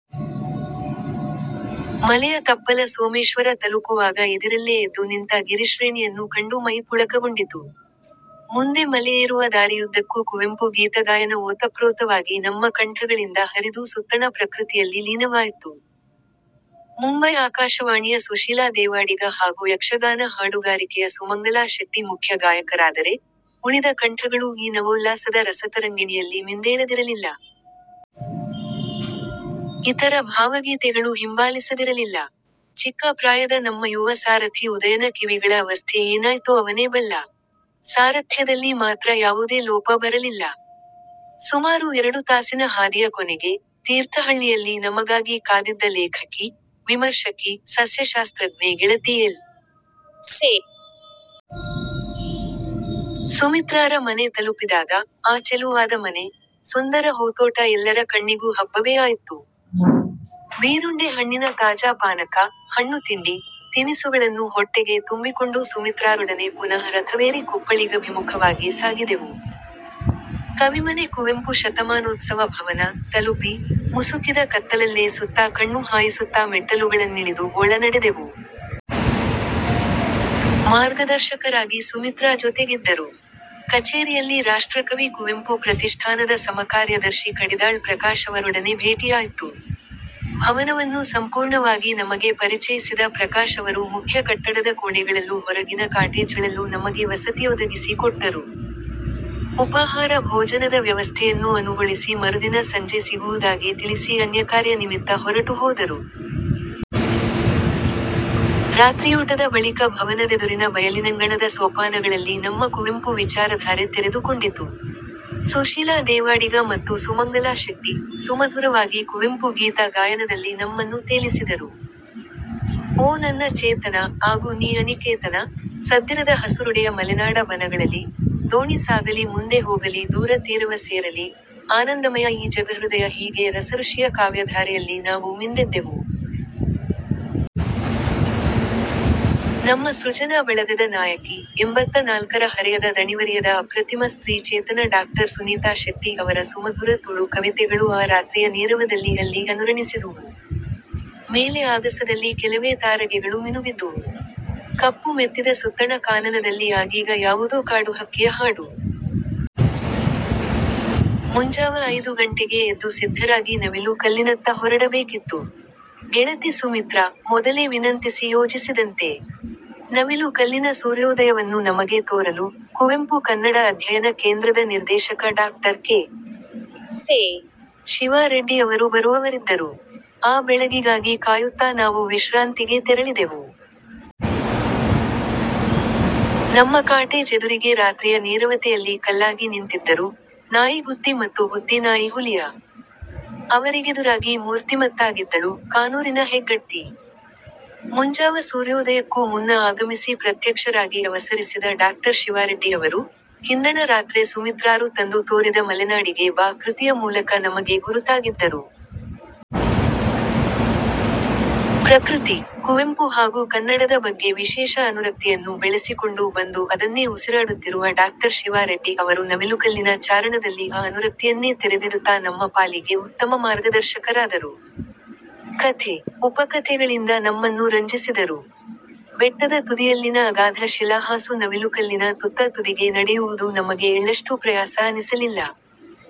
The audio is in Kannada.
ಮಲೆಯ ತಪ್ಪಲ ಸೋಮೇಶ್ವರ ತಲುಪುವಾಗ ಇದಿರಲ್ಲೇ ಎದ್ದು ನಿಂತ ಗಿರಿಶ್ರೇಣಿಯನ್ನು ಕಂಡು ಮೈ ಪುಳಕಗೊಂಡಿತು. ಮುಂದೆ ಮಲೆಯೇರುವ ದಾರಿಯುದ್ದಕ್ಕೂ ಕುವೆಂಪು ಗೀತಗಾಯನ ಓತಪ್ರೋತವಾಗಿ ನಮ್ಮ ಕಂಠಗಳಿಂದ ಹರಿದು ಸುತ್ತಣ ಪ್ರಕೃತಿಯಲ್ಲಿ ಲೀನವಾಯ್ತು. ಮುಂಬೈ ಆಕಾಶವಾಣಿಯ ಸುಶೀಲಾ ದೇವಾಡಿಗ ಹಾಗೂ ಯಕ್ಷಗಾನ ಹಾಡುಗಾರಿಕೆಯ ಸುಮಂಗಲಾ ಶೆಟ್ಟಿ ಮುಖ್ಯ ಗಾಯಕರಾದರೆ, ಉಳಿದ ಕಂಠಗಳೂ ಈ ನವೋಲ್ಲಾಸದ ರಸತರಂಗಿಣಿಯಲ್ಲಿ ಮಿಂದೇಳದಿರಲಿಲ್ಲ. ಇತರ ಭಾವಗೀತೆಗಳೂ ಹಿಂಬಾಲಿಸದಿರಲಿಲ್ಲ. ಚಿಕ್ಕ ಪ್ರಾಯದ ನಮ್ಮ ಯುವ ಸಾರಥಿ ಉದಯನ ಕಿವಿಗಳ ಅವಸ್ಥೆ ಏನಾಯ್ತೋ ಅವನೇ ಬಲ್ಲ. ಸಾರಥ್ಯದಲ್ಲಿ ಮಾತ್ರ ಯಾವುದೇ ಲೋಪ ಬರಲಿಲ್ಲ. ಸುಮಾರು ಎರಡು ತಾಸಿನ ಹಾದಿಯ ಕೊನೆಗೆ, ತೀರ್ಥಹಳ್ಳಿಯಲ್ಲಿ ನಮಗಾಗಿ ಕಾದಿದ್ದ ಲೇಖಕಿ, ವಿಮರ್ಶಕಿ, ಸಸ್ಯಶಾಸ್ತ್ರಜ್ಞೆ ಗೆಳತಿ ಎಲ್. ಸಿ. ಸುಮಿತ್ರಾರ ಮನೆ ತಲುಪಿದಾಗ, ಆ ಚೆಲುವಾದ ಮನೆ, ಸುಂದರ ಹೂತೋಟ ಎಲ್ಲರ ಕಣ್ಣಿಗೂ ಹಬ್ಬವೇ ಆಯ್ತು. ಬೀರುಂಡೆ ಹಣ್ಣಿನ ತಾಜಾ ಪಾನಕ, ಹಣ್ಣು ತಿಂಡಿ, ತಿನಿಸುಗಳನ್ನು ಹೊಟ್ಟೆಗೆ ತುಂಬಿಕೊಂಡು ಸುಮಿತ್ರಾರೊಡನೆ ಪುನಃ ರಥವೇರಿ ಕುಪ್ಪಳಿಗಭಿಮುಖವಾಗಿ ಸಾಗಿದೆವು. ಕವಿಮನೆ ಕುವೆಂಪು ಶತಮಾನೋತ್ಸವ ಭವನ, ತಲುಪಿ, ಮುಸುಕಿದ ಕತ್ತಲಲ್ಲೇ ಸುತ್ತ ಕಣ್ಣು ಹಾಯಿಸುತ್ತಾ ಮೆಟ್ಟಲುಗಳನ್ನಿಳಿದು ಒಳ ನಡೆದೆವು. ಮಾರ್ಗದರ್ಶಕರಾಗಿ ಸುಮಿತ್ರಾ ಜೊತೆಗಿದ್ದರು. ಕಛೇರಿಯಲ್ಲಿ ರಾಷ್ಟ್ರಕವಿ ಕುವೆಂಪು ಪ್ರತಿಷ್ಠಾನದ ಸಮಕಾರ್ಯದರ್ಶಿ ಕಡಿದಾಳ್ ಪ್ರಕಾಶ್ ಅವರೊಡನೆ ಭೇಟಿಯಾಯ್ತು. ಭವನವನ್ನು ಸಂಪೂರ್ಣವಾಗಿ ನಮಗೆ ಪರಿಚಯಿಸಿದ ಪ್ರಕಾಶ್ ಅವರು ಮುಖ್ಯ ಕಟ್ಟಡದ ಕೋಣೆಗಳಲ್ಲೂ ಹೊರಗಿನ ಕಾಟೇಜ್ಗಳಲ್ಲೂ ನಮಗೆ ವಸತಿಯೊದಗಿಸಿ ಕೊಟ್ಟರು. ಉಪಾಹಾರ ಭೋಜನದ ವ್ಯವಸ್ಥೆಯನ್ನೂ ಅನುಗೊಳಿಸಿ ಮರುದಿನ ಸಂಜೆ ಸಿಗುವುದಾಗಿ ತಿಳಿಸಿ ಅನ್ಯಕಾರ್ಯ ನಿಮಿತ್ತ ಹೊರಟು ಹೋದರು. ರಾತ್ರಿಯೂಟದ ಬಳಿಕ ಭವನದೆದುರಿನ ಬಯಲಿನಂಗಣದ ಸೋಪಾನಗಳಲ್ಲಿ ನಮ್ಮ ಕುವೆಂಪು ವಿಚಾರಧಾರೆ ತೆರೆದು ಕೊಂಡಿತು. ಸುಶೀಲಾ ದೇವಾಡಿಗ ಮತ್ತು ಸುಮಂಗಲಾ ಶೆಟ್ಟಿ, ಸುಮಧುರವಾಗಿ ಕುವೆಂಪು ಗೀತ ಗಾಯನದಲ್ಲಿ ನಮ್ಮನ್ನು ತೇಲಿಸಿದರು. ಓ ನನ್ನ ಚೇತನ, ಆಗು ನೀ ಅನಿಕೇತನ, ಸದ್ದಿರದ ಹಸುರುಡೆಯ ಮಲೆನಾಡ ಬನಗಳಲಿ, ದೋಣಿ ಸಾಗಲಿ ಮುಂದೆ ಹೋಗಲಿ ದೂರ ತೀರವ ಸೇರಲಿ, ಆನಂದಮಯ ಈ ಜಗಹೃದಯ ಹೀಗೆ ರಸಋಷಿಯ ಕಾವ್ಯಧಾರೆಯಲ್ಲಿ ನಾವು ಮಿಂದೆದ್ದೆವು. ನಮ್ಮ ಸೃಜನಾ ಬಳಗದ ನಾಯಕಿ, ಎಂಬತ್ತ ನಾಲ್ಕರ ಹರೆಯದ ದಣಿವರಿಯದ ಅಪ್ರತಿಮ ಸ್ತ್ರೀ ಚೇತನ ಡಾಕ್ಟರ್ ಸುನೀತಾ ಶೆಟ್ಟಿ ಅವರ ಸುಮಧುರ ತುಳು ಕವಿತೆಗಳೂ ಆ ರಾತ್ರಿಯ ನೀರವದಲ್ಲಿ ಅಲ್ಲಿ ಅನುರಣಿಸಿದುವು. ಮೇಲೆ ಆಗಸದಲ್ಲಿ ಕೆಲವೇ ತಾರಗೆಗಳು ಮಿನುಗಿದ್ದುವು. ಕಪ್ಪು ಮೆತ್ತಿದ ಸುತ್ತಣ ಕಾನನದಲ್ಲಿ ಆಗೀಗ ಯಾವುದೋ ಕಾಡುಹಕ್ಕಿಯ ಹಾಡು. ಮುಂಜಾವ ಐದು ಗಂಟೆಗೇ ಎದ್ದು ಸಿದ್ಧರಾಗಿ ನವಿಲು ಕಲ್ಲಿನತ್ತ ಹೊರಡಬೇಕಿತ್ತು. ಗೆಳತಿ ಸುಮಿತ್ರಾ, ಮೊದಲೇ ವಿನಂತಿಸಿ ಯೋಜಿಸಿದಂತೆ. ನವಿಲು ಕಲ್ಲಿನ ಸೂರ್ಯೋದಯವನ್ನು ನಮಗೆ ತೋರಲು, ಕುವೆಂಪು ಕನ್ನಡ ಅಧ್ಯಯನ ಕೇಂದ್ರದ ನಿರ್ದೇಶಕ doctor K. C. Shiva Reddy ಅವರು ಬರುವವರಿದ್ದರು. ಆ ಬೆಳಗಿಗಾಗಿ ಕಾಯುತ್ತಾ ನಾವು ವಿಶ್ರಾಂತಿಗೆ ತೆರಳಿದೆವು. ನಮ್ಮ ಕಾಟೇಜ್ ಎದುರಿಗೇ ರಾತ್ರಿಯ ನೀರವತೆಯಲ್ಲಿ ಕಲ್ಲಾಗಿ ನಿಂತಿದ್ದರು, ನಾಯಿ ಗುತ್ತಿ ಮತ್ತು ಗುತ್ತಿ ನಾಯಿ ಹುಲಿಯ. ಅವರಿಗೆದುರಾಗಿ ಮೂರ್ತಿಮತ್ತಾಗಿದ್ದಳು, ಕಾನೂರಿನ ಹೆಗ್ಗಡ್ತಿ. ಮುಂಜಾವ ಸೂರ್ಯೋದಯಕ್ಕೂ ಮುನ್ನ ಆಗಮಿಸಿ ಪ್ರತ್ಯಕ್ಷರಾಗಿ ಅವಸರಿಸಿದ ಡಾಕ್ಟರ್ ಶಿವಾರೆಡ್ಡಿ ಅವರು, ಹಿಂದಣ ರಾತ್ರೆ ಸುಮಿತ್ರಾರು ತಂದು ತೋರಿದ ಮಲೆನಾಡಿಗೆ ಬಾ ಕೃತಿಯ ಮೂಲಕ ನಮಗೆ ಗುರುತಾಗಿದ್ದರು. ಪ್ರಕೃತಿ, ಕುವೆಂಪು ಹಾಗೂ ಕನ್ನಡದ ಬಗ್ಗೆ ವಿಶೇಷ ಅನುರಕ್ತಿಯನ್ನು ಬೆಳೆಸಿಕೊಂಡು ಬಂದು ಅದನ್ನೇ ಉಸಿರಾಡುತ್ತಿರುವ ಡಾಕ್ಟರ್ ಶಿವಾ ರೆಡ್ಡಿ ಅವರು ನವಿಲುಕಲ್ಲಿನ ಚಾರಣದಲ್ಲಿ ಆ ಅನುರಕ್ತಿಯನ್ನೇ ತೆರೆದಿಡುತ್ತಾ ನಮ್ಮ ಪಾಲಿಗೆ ಉತ್ತಮ ಮಾರ್ಗದರ್ಶಕರಾದರು. ಕಥೆ, ಉಪಕಥೆಗಳಿಂದ ನಮ್ಮನ್ನು ರಂಜಿಸಿದರು. ಬೆಟ್ಟದ ತುದಿಯಲ್ಲಿನ ಅಗಾಧ ಶಿಲಾಹಾಸು ನವಿಲುಕಲ್ಲಿನ ತುತ್ತ ತುದಿಗೆ ನಡೆಯುವುದು ನಮಗೆ ಎಳ್ಳಷ್ಟೂ ಪ್ರಯಾಸ ಅನಿಸಲಿಲ್ಲ.